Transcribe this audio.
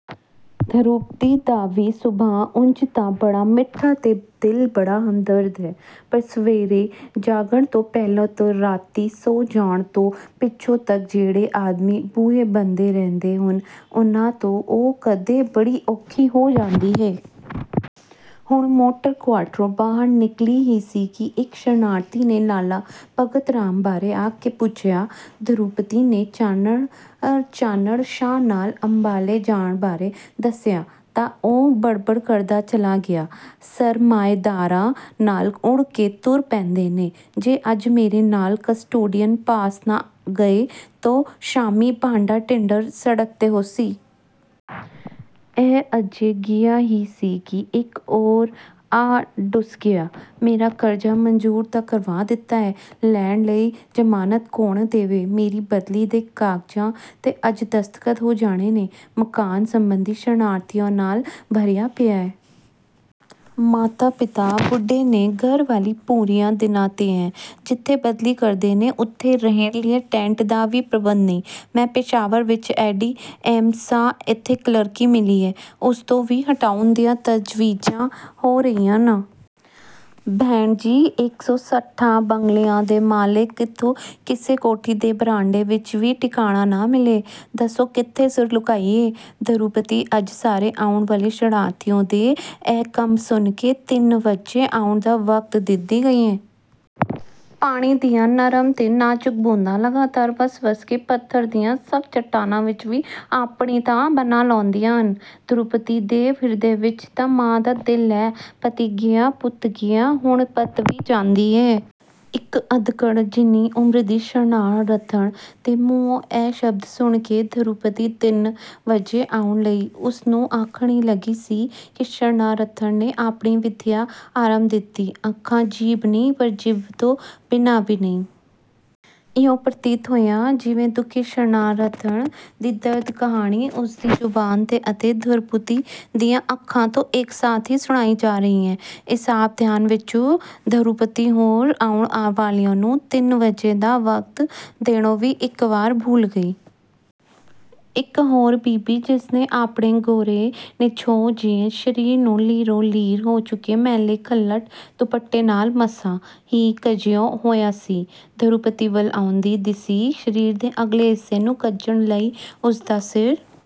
ਧਰੋਪਤੀ ਦਾ ਵੀ ਸੁਭਾਅ ਉਂਜ ਤਾਂ ਬੜਾ ਮਿੱਠਾ ਤੇ ਦਿਲ ਬੜਾ ਹਮਦਰਦ ਹੈ, ਪਰ ਸਵੇਰੇ ਜਾਗਣ ਤੋਂ ਪਹਿਲਾਂ ਤੇ ਰਾਤੀਂ ਸੌਂ ਜਾਣ ਤੋਂ ਪਿੱਛੋਂ ਤੱਕ ਜਿਹੜੇ ਆਦਮੀ ਬੂਹੇ ਭੰਨਦੇ ਰਹਿੰਦੇ ਹਨ, ਉਨ੍ਹਾਂ ਤੋਂ ਉਹ ਕਦੇ ਬੜੀ ਔਖੀ ਹੋ ਜਾਂਦੀ ਹੈ। ਹੁਣ ਮੋਟਰ ਕੁਆਰਟਰੋਂ ਬਾਹਰ ਨਿਕਲੀ ਹੀ ਸੀ ਕਿ ਇੱਕ ਸ਼ਰਨਾਰਥੀ ਨੇ ਲਾਲਾ ਭਗਤ ਰਾਮ ਬਾਰੇ ਆਣ ਪੁੱਛਿਆ। ਧਰੋਪਤੀ ਨੇ ਚਾਨਣ ਸ਼ਾਹ ਨਾਲ ਅੰਬਾਲੇ ਜਾਣ ਬਾਰੇ ਦੱਸਿਆ ਤਾਂ ਉਹ ਬੁੜ-ਬੁੜ ਕਰਦਾ ਚਲਾ ਗਿਆ। "ਸਰਮਾਏਦਾਰਾਂ ਨਾਲ ਉਡ ਕੇ ਤੁਰ ਪੈਂਦੇ ਨੇ, ਜੇ ਅੱਜ ਮੇਰੇ ਨਾਲ ਕਸਟੋਡੀਅਨ ਪਾਸ ਨਾ ਗਏ ਤਾਂ ਸ਼ਾਮੀਂ ਭਾਂਡਾ-ਟਿੰਡਰ ਸੜਕ 'ਤੇ ਹੋਸੀ।" ਇਹ ਅਜੇ ਗਿਆ ਹੀ ਸੀ ਕਿ ਇੱਕ ਹੋਰ ਆਣ ਡੁਸਕਿਆ। "ਮੇਰਾ ਕਰਜ਼ਾ ਮਨਜ਼ੂਰ ਤਾਂ ਕਰਵਾ ਦਿੱਤਾ ਏ, ਲੈਣ ਲਈ ਜ਼ਮਾਨਤ ਕੌਣ ਦੇਵੇ?" ਮੇਰੀ ਬਦਲੀ ਦੇ ਕਾਗਜ਼ਾਂ 'ਤੇ ਅੱਜ ਦਸਤਖਤ ਹੋ ਜਾਣੇ ਨੇ, ਮਕਾਨ ਸਬੰਧੀ ਸ਼ਰਨਾਰਥੀਆਂ ਨਾਲ ਭਰਿਆ ਪਿਆ ਹੈ। ਮਾਤਾ-ਪਿਤਾ ਬੁੱਢੇ ਨੇ, ਘਰ ਵਾਲੀ ਪੂਰਿਆਂ ਦਿਨਾਂ 'ਤੇ ਹੈ, ਜਿੱਥੇ ਬਦਲੀ ਕਰਦੇ ਨੇ, ਉਥੇ ਰਹਿਣ ਲਈ ਟੈਂਟ ਦਾ ਵੀ ਪ੍ਰਬੰਧ ਨਹੀਂ। "ਮੈਂ ਪਿਸ਼ਾਵਰ ਵਿੱਚ ਏ. ਡੀ. ਐਮ. ਸਾਂ, ਇੱਥੇ ਕਲਰਕੀ ਮਿਲੀ ਹੈ, ਉਸ ਤੋਂ ਵੀ ਹਟਾਉਣ ਦੀਆਂ ਤਜਵੀਜ਼ਾਂ ਹੋ ਰਹੀਆਂ ਨੇ।" ਭੈਣ ਜੀ, ਇਕ ਸੌ ਸੱਠਾਂ ਬੰਗਲਿਆਂ ਦੇ ਮਾਲਕ ਨੂੰ ਇੱਥੇ ਕਿਸੇ ਕੋਠੀ ਦੇ ਬਰਾਂਡੇ ਵਿੱਚ ਵੀ ਟਿਕਾਣਾ ਨਾ ਮਿਲੇ, ਦੱਸੋ ਕਿੱਥੇ ਸਿਰ ਲੁਕਾਈਏ? ਧਰੋਪਤੀ ਅੱਜ ਸਾਰੇ ਆਉਣ ਵਾਲੇ ਸ਼ਰਨਾਰਥੀਆਂ ਦੇ ਇਹ ਕੰਮ ਸੁਣ ਕੇ ਤਿੰਨ ਵਜੇ ਆਉਣ ਦਾ ਵਕਤ ਦਿੰਦੀ ਗਈ। ਪਾਣੀ ਦੀਆਂ ਨਰਮ ਤੇ ਨਾਜ਼ੁਕ ਬੂੰਦਾਂ ਲਗਾਤਾਰ ਵਸ-ਵਸ ਕੇ ਪੱਥਰ ਦੀਆਂ ਸਖਤ ਚੱਟਾਨਾਂ ਵਿੱਚ ਵੀ ਆਪਣੀ ਥਾਂ ਬਣਾ ਲੈਂਦੀਆਂ ਹਨ। ਧਰੋਪਤੀ ਦੇ ਹਿਰਦੇ ਵਿੱਚ ਤਾਂ ਮਾਂ ਦਾ ਦਿਲ ਹੈ। "ਪਤੀ ਗਿਆ, ਪੁੱਤ ਗਿਆ, ਹੁਣ ਪਤ ਵੀ ਜਾਂਦੀ ਹੈ।" ਇੱਕ ਅੱਧਖੜ੍ਹ ਜਿਹੀ ਉਮਰ ਦੀ ਸ਼ਰਨਾਰਥਣ ਦੇ ਮੂੰਹੋਂ ਇਹ ਸ਼ਬਦ ਸੁਣ ਕੇ ਧਰੋਪਤੀ ਤਿੰਨ ਵਜੇ ਆਉਣ ਲਈ ਉਸ ਨੂੰ ਆਖਣ ਹੀ ਲੱਗੀ ਸੀ ਕਿ ਸ਼ਰਨਾਰਥਣ ਨੇ ਆਪਣੀ ਵਿੱਥਿਆ ਅਰੰਭ ਦਿੱਤੀ। ਅੱਖਾਂ ਜੀਭ ਨਹੀਂ, ਪਰ ਜੀਭ ਤੋਂ ਬਿਨਾਂ ਵੀ ਨਹੀਂ। ਇਉਂ ਪ੍ਰਤੀਤ ਹੋਇਆ ਜਿਵੇਂ ਦੁਖੀ ਸ਼ਰਨਾਰਥਣ ਦੀ ਦਰਦ ਕਹਾਣੀ ਉਸ ਦੀ ਜ਼ੁਬਾਨ ਤੇ ਧਰੋਪਤੀ ਦੀਆਂ ਅੱਖਾਂ ਤੋਂ ਇੱਕ ਸਾਥ ਹੀ ਸੁਣਾਈ ਜਾ ਰਹੀ ਹੈ। ਇਸ ਆਪ ਧਿਆਨੇ ਵਿੱਚ ਧਰੋਪਤੀ ਹੋਰ ਆਉਣ ਵਾਲਿਆਂ ਨੂੰ ਤਿੰਨ ਵਜੇ ਦਾ ਵਕਤ ਦੇਣੋਂ ਵੀ ਇੱਕ ਵੇਰ ਭੁੱਲ ਗਈ। ਇੱਕ ਹੋਰ ਬੀਬੀ ਜਿਸ ਨੇ ਆਪਣੇ ਗੋਰੇ ਨਿਛੋਹ ਜਿਹੇ ਸਰੀਰ ਨੂੰ ਲੀਰੋ-ਲੀਰ ਹੋ ਚੁੱਕੇ ਮੈਲੇ ਖਲੱਟ ਦੁਪੱਟੇ ਨਾਲ ਮਸਾਂ ਹੀ ਕੱਜਿਆ ਹੋਇਆ ਸੀ, ਧਰੋਪਤੀ ਵੱਲ ਆਉਂਦੀ ਦਿਸੀ। ਸਰੀਰ ਦੇ ਅਗਲੇ ਹਿੱਸੇ ਨੂੰ ਕੱਜਣ ਲਈ ਉਸ ਦਾ ਸਿਰ